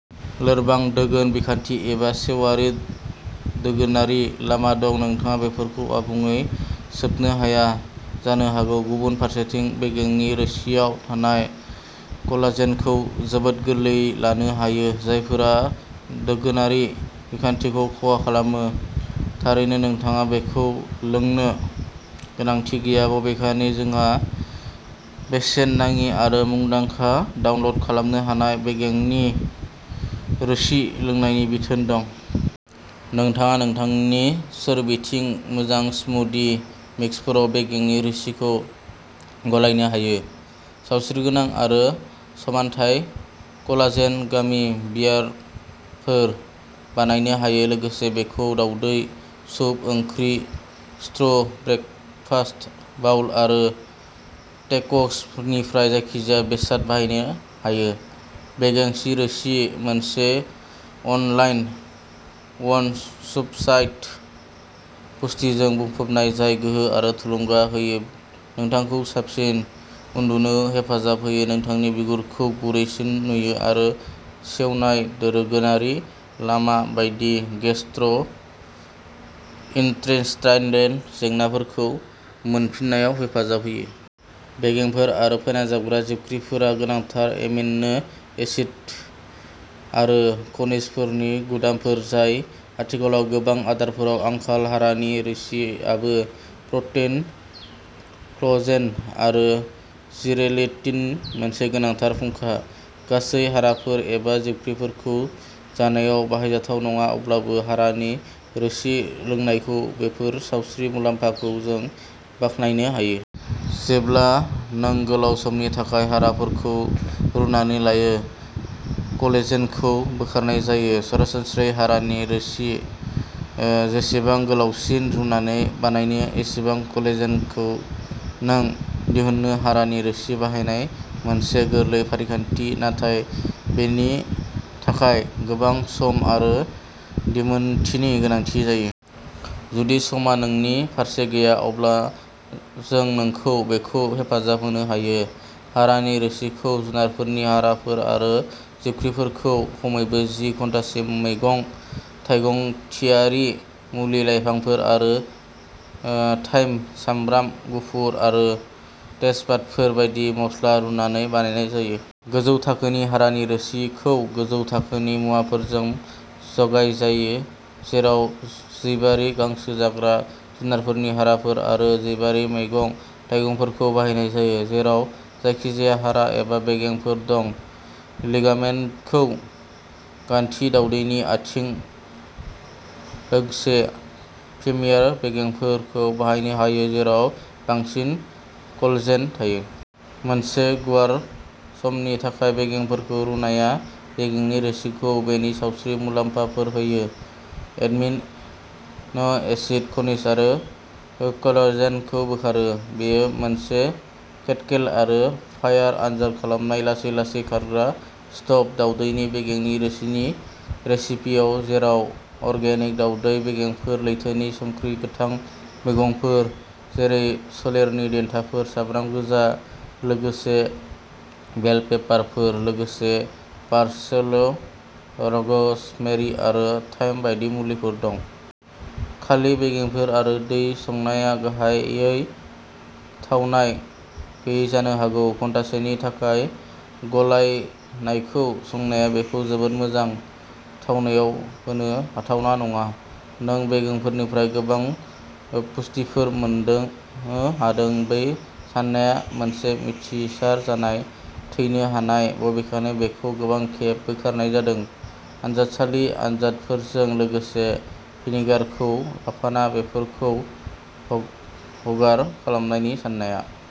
लोरबां दोगोन बिखान्थि एबा सेवनाय दोगोनारि लामा दं नोंथाङा बेफोरखौ आबुङै सोबनो हाया जानो हागौ। गुबुन फारसेथिं बेगेंनि रोसिआव थानाय कलाजेनखौ जोबोद गोरलैयै लानो हायो जायफोरा दोगोनारि बिखान्थिखौ खहा खालामो। थारैनो नोंथाङा बेखौ लोंनो गोनांथि गैया बबेखानि जोंहा बेसेन नाङि आरो मुंदांखा डाउनल'ड खालामनो हानाय बेगेंनि रोसि लोंनायनि बिथोन दं। नोंथाङा नोंथांनि सोरबिथिं मोजां स्मूदि मिक्सफोराव बेगेंनि रोसिखौ गलायनो हायो सावस्रिगोनां आरो समानथाय कलाजेन गमी बियारफोर बानायनो हायो लोगोसे बेखौ दावदै सुप ओंख्रि स्टु ब्रेकफास्ट बाउल आरो टेक'फोरनिफ्राय जायखिजाया बेसादाव बाहायनो हायो। बेगेंनि रोसि मोनसे अल इन वन सुपारफुड जाय पुष्टिफोरजों बुंफबनाय जाय गोहो आरो थुलुंगा होयो नोंथांखौ साबसिन उन्दुनो हेफाजाब होयो नोंथांनि बिगुरखौ गुरैसिन नुयो आरो सेवनाय दोगोनारि लामा बायदि गेस्ट्र'इन्टेस्टाइनल जेंनाफोरखौ मोनफिननायाव हेफाजाब होनो हायो। बेगेंफोर आरो फोनांजाबग्रा जिबख्रिफोरा गोनांथार एमिनो एसिडफोर आरो खनिजफोरनि गुदामफोर जाय आथिखालाव गोबां आदारफोराव आंखाल हारानि रोसिआबो प्रटिन कलेजेन आरो जिलेटिननि मोनसे गोनांथार फुंखा। गासै हाराफोर एबा जिबख्रिफोरखौ जानाया बाहायजाथाव नङा अब्लाबो हारानि रोसि लोंनानै बेफोर सावस्रि मुलाम्फाखौ नों बाखनायनो हायो। जेब्ला नों गोलाव समनि थाखाय हाराफोरखौ रुनानै लायो कलेजेनखौ बोखारनाय जायो। सरासनस्रायै हारानि रोसि ओ जेसेबां गोलावसिन रुनानै बानायो एसेबांनो कलेजेनखौ नों दिहुनगोन हारानि रोसि बानायनाया मोनसे गोरलै फारिखान्थि नाथाय बेनि थाखाय गोबां सम आरो दिदोमथिनि गोनांथि जायो। जुदि समआ नोंनि फारसे गैया अब्ला जों नोंखौ बेखौ हेफाजाब होनो हायो। हारानि रोसिखौ जुनारफोरनि हाराफोर आरो जिबख्रिफोरखौ खमैबो जि घन्टासिम मैगं थाइगंमिथिंगायारि मुलि लाइफांफोर आरो थाइम सामब्राम गुफुर आरो तेजपातफोर बायदि मस्ला रुनानै बानायनाय जायो। गोजौ थाखोनि हारानि रोसिखौ गोजौ थाखोनि मुवाफोरजों जागायो जेराव जैबारि गांसो जाग्रा जुनारफोरनि हाराफोर आरो जैबारि मैगं थाइगंफोरखौबो बाहायनाय जायो। जेराव जायखिजाया हारा एबा बेगेंफोर दं। लिगामेन्टखौ गान्थि दावदैनि आथिं लोगोसे फेमियार बेगेंफोरखौ बाहायनो हायो जेराव बांसिन कलेजेन थायो। मोनसे गुवार समनि थाखाय बेगेंफोरखौ रुनाया बेगेंनि रोसिखौ बेनि सावस्रि मुलाम्फाफोर होयो एमिनो एसिड खनिज आरो कोलेजेनखौ बोखारो। बेयो मोनसे केटल आरो फायार आनजाद खालामनाय लासै लासै खारग्रा स्ट'भ दावदैनि बेगेंनि रोसिनि रेसिपि जेराव अर्गेनिक दावदैनि बेगेंफोर लैथोनि संख्रि गोथां मैगंफोर जेरै सेलेरि देन्थाफोर, सामब्राम गोजा, लोगोसे बेल पेपारफोर लोगोसे पार्सले र'जमेरि आरो थाइम बायदि मुलिफोर दं। खालि बेगेंफोर आरो दै संनाया गाहायै थावनाय गैयै जानो हागौ। घन्टासेनि थाखाय गलायनायखौ संनाया बेखौ जोबोद मोजां थावनाय होनो हाथावना नङा। नों बेगेंफोरनिफ्राय गोबां पुष्टिफोर मोन्नो हादों बे साननाया मोनसे मिथिसार जाय थैनो हाया बबेखानि बेखौ गोबां खेब बोखारनाय जादों आनजादसालि आनजादफोरजों लोगोसे। भिनेगारखौ लाफाना बेफोरखौ हगार खालामनायनि साननाया।